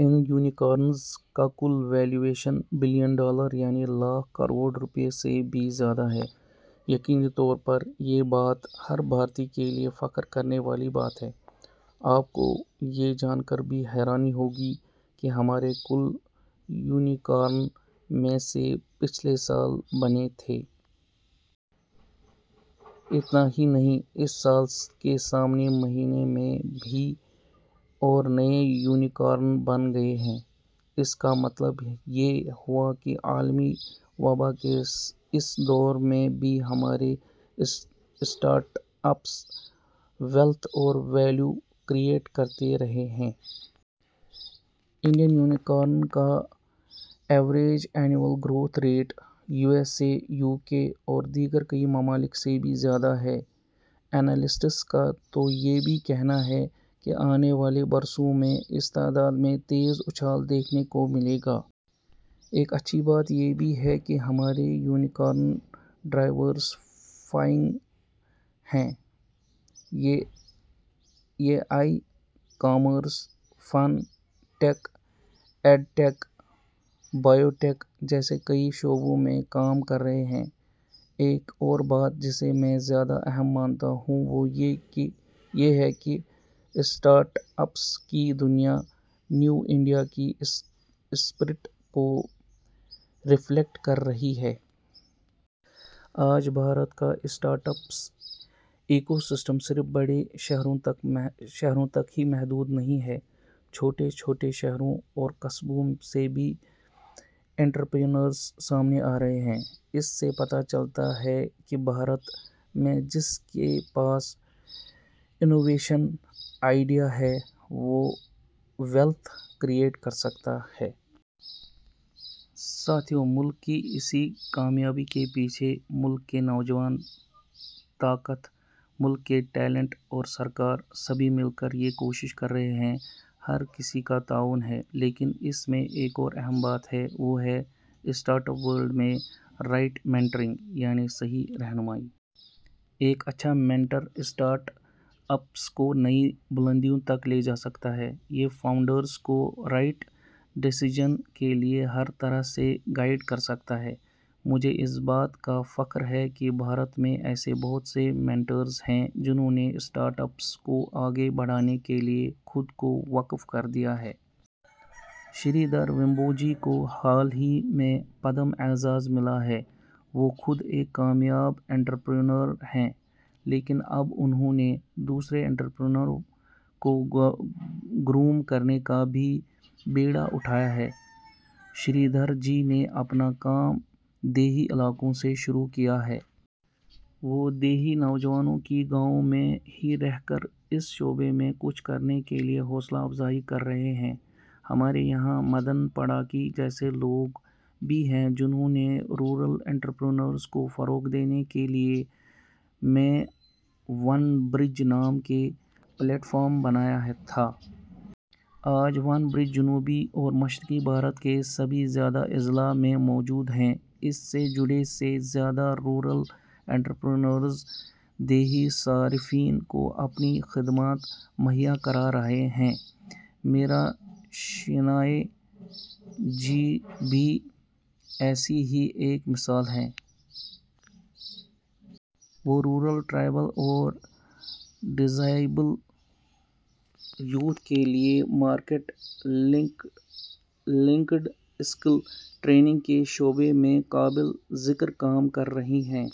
ان unicorns کا کل valuation billion dollar, یعنی لاکھ کروڑ روپئے سے بھی زیادہ ہے۔ یقینی طور پر، یہ بات ، ہر بھارتی کے لئے فخر کرنے والی بات ہے۔ آپ کو یہ جانکر بھی حیرانی ہوگی، کہ ہمارے کل یونیکارن میں سے ، پچھلے سال بنے تھے۔ اتنا ہی نہیں ، اس سال کے سے مہینے میں ہی اور نئے یونیکارن بن گئے ہیں۔ اس کا مطلب یہ ہوا کہ عالمی وبا کے اس دور میں بھی ہمارے اسٹارٹ اپس، ویلتھ اور ویلیو کریٹ کرتے رہے ہیں۔ انڈین یونیکارن کا average annual growth rate, U S A, U K اور دیگر کئی ممالک سے بھی زیادہ ہے۔ اینالیسسٹس کا تو یہ بھی کہنا ہے کہ آنے والے برسوں میں اس تعداد میں تیزاچھال دیکھنے کو ملے گا۔ ایک اچھی بات یہ بھی ہے کہ ہمارے یونیکارن ڈائیورسی فائنگ ہیں۔ یہ e- commerce, fintech, edtech, biotech جیسے کئی شعبوں میں کام کررہے ہیں۔ ایک اور بات جسے میں زیادہ اہم مانتا ہوں وہ یہ ہے کہ اسٹارٹ-اپس کی دنیا نیو انڈیا کی اسپرٹ کو رفلیکٹ کررہی ہے۔ آج، بھارت کا اسٹارٹ اپس ایکوسسٹم صرف بڑے شہروں تک ہی محدود نہیں ہے، چھوٹے -چھوٹے شہروں اور قصبوں سے بھی انٹرپرینورز سامنے آرہے ہیں۔ اس سے پتہ چلتا ہے کہ بھارت میں جس کے پاس انوویشن آئڈیا ہے وہ، ویلتھ کریٹ کرسکتا ہے۔ ساتھیو، ملک کی اس کامیابی کے پیچھے، ملک کی نوجوان -طاقت ، ملک کے ٹیلینٹ اور سرکار، سبھی مل کر یہ کوشش کررہے ہیں، ہر کسی کا تعاون ہے، لیکن اس میں ایک اور اہم بات ہے، وہ ہے، اسٹارٹ-اپ ورلڈ میں، رائٹ مینٹرنگ ؛ یعنی، صحیح رہنمائی۔ ایک اچھا مینٹر اسٹارٹ-اپس کو نئی بلندیوں تک لے جاسکتا ہے۔ یہ فاؤنڈرز کو رائٹ ڈیسیزن کے لئے ہر طرح سے گائیڈ کرسکتا ہے۔ مجھے، اس بات کا فخر ہے کہ بھارت میں ایسے بہت سے مینٹرز ہیں جنہوں نے اسٹارٹ-اپس کو آگے بڑھانے کے لئے خود کو وقف کردیا ہے۔ شری دھر ویمبوجی کو حال ہی میں پدم اعزاز ملا ہے۔ وہ خود ایک کامیاب انٹرپریونیور ہیں، لیکن اب انہوں نے، دوسرے انٹرپریونیور کو گروم کرنے کا بھی بیڑا اٹھایا ہے۔ شری دھر جی نے اپنا کام دیہی علاقوں سے شروع کیا ہے۔ وہ، دیہی نوجوانوں کی گاؤں میں ہی رہ کر اس شعبے میں کچھ کرنے کے لئے حوصلہ افزائی کررہے ہیں۔ ہمارے یہاں مدن پڑاکی جیسے لوگ بھی ہیں جنہوں نے رورل انٹرپریونیورز کو فروغ دینے کے لئے میں ون-برج نام کا پلیٹ فارم بنایا تھا۔ آج ، ون-برج جنوبی اور مشرقی بھارت کے سے بھی زیادہ اضلاع میں موجود ہیں۔ اس سے جڑے سے زیادہ رورل انٹرپریونیورز دیہی صارفین کو اپنی خدمات مہیا کرا رہے ہیں۔ میرا شینائے جی بھی ایسی ہی ایک مثال ہیں۔ وہ رورل ٹرائبل اور ڈزایبل یوتھ کے لئے مارکٹ لنکڈ اسکل ٹریننگ کے شعبے میں قابل ذکر کام کررہی ہیں۔